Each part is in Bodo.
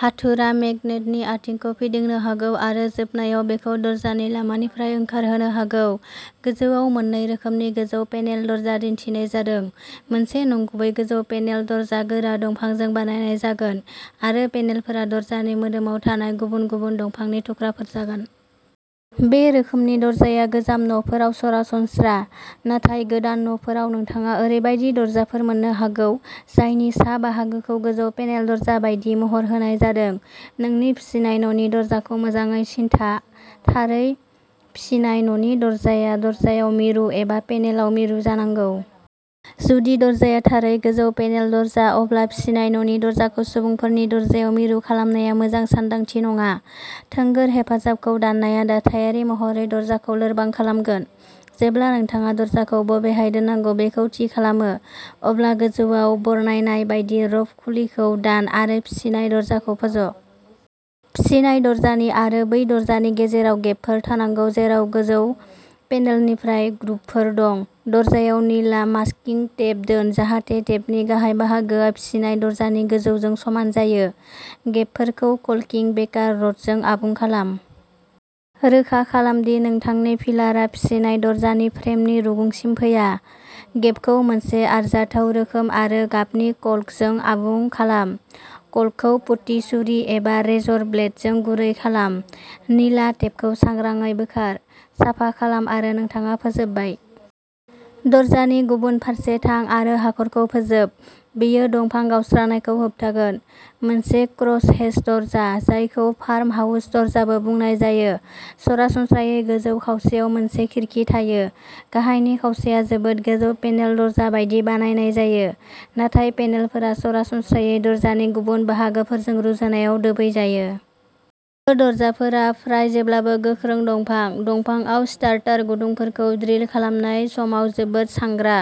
हाथुरआ मेगनेटनि आथिंखौ फिदिंनो हागौ आरो जोबनायाव बेखौ दरजानि लामानिफ्राय ओंखारहोनो हागौ। गोजौआव मोननै रोखोमनि गोजौ पेनेल दरजा दिन्थिनाय जादों। मोनसे नंगुबै गोजौ पेनेल दरजा गोरा दंफांजों बानायनाय जागोन, आरो पेनेलफोरा दरजानि मोदोमाव थानाय गुबुन गुबुन दंफांनि थुख्राफोर जागोन। बे रोखोमनि दरजाया गोजाम न'फोराव सरासनस्रा, नाथाय गोदान न'फोराव नोंथाङा ओरैबायदि दरजाफोर मोन्नो हागौ जायनि सा बाहागोखौ गोजौ पेनेल दरजा बायदि महर होनाय जादों। नोंनि फिसिनाय न'नि दरजाखौ मोजाङै सिनथा। थारै, फिसिनाय न'नि दरजाया दरजायाव मिरु एबा पेनेलाव मिरु जानांगौ। जुदि दरजाया थारै गोजौ पेनेल दरजा, अब्ला फिसिनाय न'नि दरजाखौ सुबुंफोरनि दरजायाव मिरु खालामनाया मोजां सानदांथि नङा। थोंगोर हेफाजाबखौ दाननाया दाथायारि महरै दरजाखौ लोरबां खालामगोन। जेब्ला नोंथाङा दरजाखौ बबेहाय दोननांगौ बेखौ थि खालामो, अब्ला गोजौवाव बरनायनाय बायदि र'फ खुलिखौ दान आरो फिसिनाय दरजाखौ फज'। फिसिनाय दरजानि आरो बै दरजानि गेजेराव गेबफोर थानांगौ जेराव गोजौ पेनेलनिफ्राय ग्रुभफोर दं। दरजायाव निला मास्किंग टेप दोन जाहाथे टेपनि गाहाय बाहागोआ फिसिनाय दरजानि गोजौजों समान जायो। गेबफोरखौ कल्किं बेकार रड जों आबुं खालाम। रोखा खालाम दि नोंथांनि फिलारआ फिसिनाय दरजानि फ्रेमनि रुगुंसिम फैया। गेबखौ मोनसे आरजाथाव रोखोम आरो गाबनि कल्कजों आबुं खालाम। कल्कखौ पुटी छुरी एबा रेजर ब्लेडजों गुरै खालाम। निला टेपखौ सांग्राङै बोखार। साफा खालाम आरो नोंथाङा फोजोबबाय। । दरजानि गुबुन फारसे थां आरो हाखरखौ फोजोब। बेयो दंफां गावस्रानायखौ होबथागोन। मोनसे क्रसहेच दरजा, जायखौ फार्महाउस दरजाबो बुंनाय जायो, सरासनस्रायै गोजौ खावसेयाव मोनसे खिरखि थायो। गाहायनि खावसेया जोबोद गोजौ पेनेल दरजा बायदि बानायनाय जायो, नाथाय पेनेलफोरा सरासनस्रायै दरजानि गुबुन बाहागोफोरजों रुजुनायाव दोबै जायो। बेफोर दरजाफोरा फ्राय जेब्लाबो गोख्रों दंफां। दंफांआव स्टार्टार गुदुंफोरखौ ड्रिल खालामनाय समाव जोबोद सांग्रा।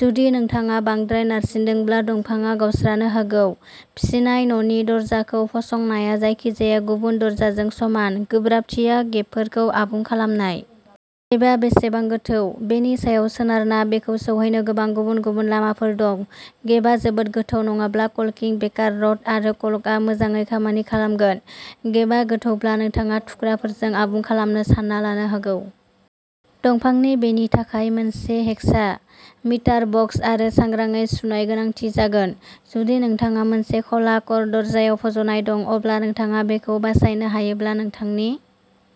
जुदि नोंथाङा बांद्राय नारसिनदोंब्ला दंफांआ गावस्रानो हागौ। फिसिनाय न'नि दरजाखौ फसंनाया जायखिजाया गुबुन दरजाजों समान। गोब्राबथिया गेबफोरखौ आबुं खालामनाय। गेबआ बेसेबां गोथौ, बेनि सायाव सोनारना, बेखौ सौहैनो गोबां गुबुन-गुबुन लामाफोर दं। गेबआ जोबोद गोथौ नङाब्ला, कल्किं बेकार रड आरो कल्कआ मोजाङै खामानि खालामगोन। गेबआ गोथौब्ला नोंथाङा थुख्राफोरजों आबुं खालामनो सानना लानो हागौ। दंफांनि बेनि थाखाय मोनसे हेकसा, मिटार बक्स आरो सांग्राङै सुनाय गोनांथि जागोन। जुदि नोंथाङा मोनसे ख'ला क'र दरजायाव फज'नाय दं, अब्ला नोंथाङा बेखौ बासायनो हायोब्ला नोंथांनि